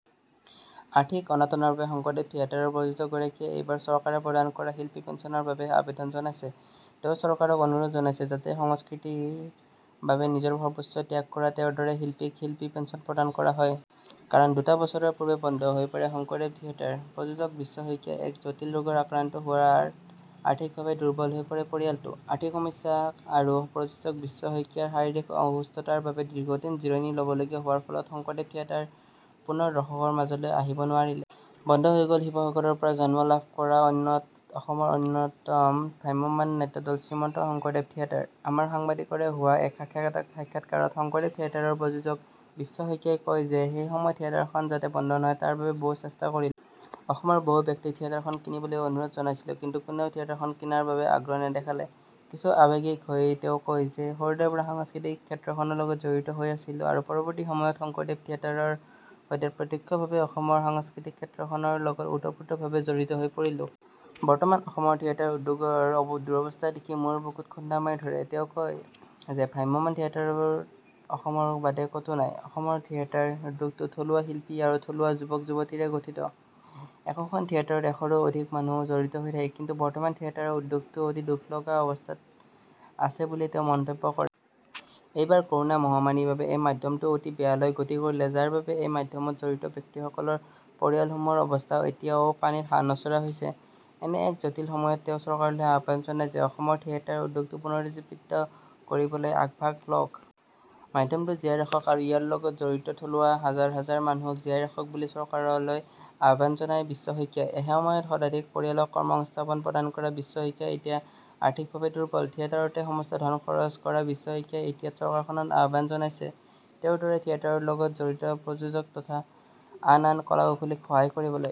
আৰ্থিক অনাটনৰ বাবে শংকৰদেৱ থিয়েটাৰৰ প্ৰযোজকগৰাকীয়ে এইবাৰ চৰকাৰে প্ৰদান কৰা শিল্পী পেঞ্চনৰ বাবে আবেদন জনাইছে। তেওঁ চৰকাৰক অনুৰোধ জনাইছে যাতে সংস্কৃতিৰ বাবে নিজৰ সৰ্বোচ্চ ত্যাগ কৰা তেওঁৰ দৰে শিল্পীক শিল্পী পেঞ্চন প্ৰদান কৰা হয়। কাৰণ দুটা বছৰৰ পূৰ্বে বন্ধ হৈ পৰে শংকৰদেৱ থিয়েটাৰ। প্ৰযোজক বিশ্ব শইকীয়া এক জটিল ৰোগত আক্ৰান্ত হোৱাত আৰ্থিকভাৱে দুৰ্বল হৈ পৰে পৰিয়ালটো। আৰ্থিক সমস্যা আৰু প্ৰযোজক বিশ্ব শইকীয়াৰ শাৰীৰিক অসুস্থতাৰ বাবে দীৰ্ঘদিন জিৰণি লবলগীয়া হোৱাৰ ফলত শংকৰদেৱ থিয়েটাৰ পুনৰ দৰ্শকৰ মাজলৈ আহিব নোৱাৰিলে। বন্ধ হৈ গ'ল শিৱসাগৰৰ পৰা জন্ম লাভ কৰা অন্য অসমৰ অন্যতম ভ্ৰাম্যমাণ নাট্যদল শ্ৰীমন্ত শংকৰদেৱ থিয়েটাৰ। আমাৰ সাংবাদিকৰে হোৱা এক সাক্ষাৎকাৰত শংকৰদেৱ থিয়েটাৰৰ প্ৰযোজক বিশ্ব শইকীয়াই কয় যে সেই সময়ত থিয়েটাৰখন যাতে বন্ধ নহয় তাৰ বাবে বহু চেষ্টা কৰিলো। অসমৰ বহু ব্যক্তিক থিয়েটাৰখন কিনিবলৈ অনুৰোধ জনাইছিলো কিন্তু কোনেও থিয়েটাৰখন কিনাৰ বাবে আগ্ৰহ নেদেখালে। কিছু আৱেগিক হৈ তেওঁ কয় যে সৰুৰে পৰা সাংস্কৃতিক ক্ষেত্ৰখনৰ লগত জড়িত হৈ আছিলো আৰু পৰৱৰ্তী সময়ত শংকৰদেৱ থিয়েটাৰৰ সৈতে প্ৰত্যক্ষভাৱে অসমৰ সাংস্কৃতিক ক্ষেত্ৰখনৰ লগত ওতঃপ্ৰোতভাৱে জড়িত হৈ পৰিলো। বৰ্তমান অসমৰ থিয়েটাৰ উদ্যোগৰ দুৰৱস্থা দেখি মোৰ বুকুত খুন্দা মাৰি ধৰে। তেওঁ কয় যে ভ্ৰাম্যমাণ থিয়েটাৰৰ অসমৰ বাদে কতো নাই। অসমৰ থিয়েটাৰ উদ্যোগটো থলুৱা শিল্পী আৰু থলুৱা যুৱক যুৱতীৰে গঠিত। একোখন থিয়েটাৰত এশৰো অধিক মানুহ জড়িত হৈ থাকে কিন্তু বৰ্তমান থিয়েটাৰ উদ্যোগটো অতি দুখলগা অৱস্থাত আছে বুলি তেওঁ মন্তব্য কৰে। এইবাৰ কৰোনা মহামাৰীৰ বাবে এই মাধ্যমটো অতি বেয়ালৈ গতি কৰিলে যাৰ বাবে এই মাধ্যমত জড়িত ব্যক্তিসকলৰ পৰিয়ালসমূহৰ অৱস্থা এতিয়া পানীত হাঁহ নচৰা হৈছে। এনে এক জটিল সময়ত তেওঁ চৰকাৰলৈ আহ্বান জনায় যে অসমৰ থিয়েটাৰ উদ্যোগটো পুনৰুজ্জীৱিত কৰিবলৈ আগভাগ লওক। মাধ্যমটো জীয়াই ৰাখক আৰু ইয়াৰ লগত জড়িত থলুৱা হাজাৰ হাজাৰ মানুহক জীয়াই ৰাখক বুলি চৰকাৰলৈ আহ্বান জনায় বিশ্ব শইকীয়াই। এসময়ত শতাধিক পৰিয়ালক কৰ্মসংস্থাপন প্ৰদান কৰা বিশ্ব শইকীয়া এতিয়া আৰ্থিকভাৱে দুৰ্বল। থিয়েটাৰতেই সমস্ত ধন খৰচ কৰা বিশ্ব শইকীয়াই এতিয়া চৰকাৰক আহ্বান জনাইছে তেওঁৰ দৰে থিয়েটাৰৰ লগত জড়িত প্ৰযোজক তথা আন আন কলাকুশলীক সহায় কৰিবলৈ।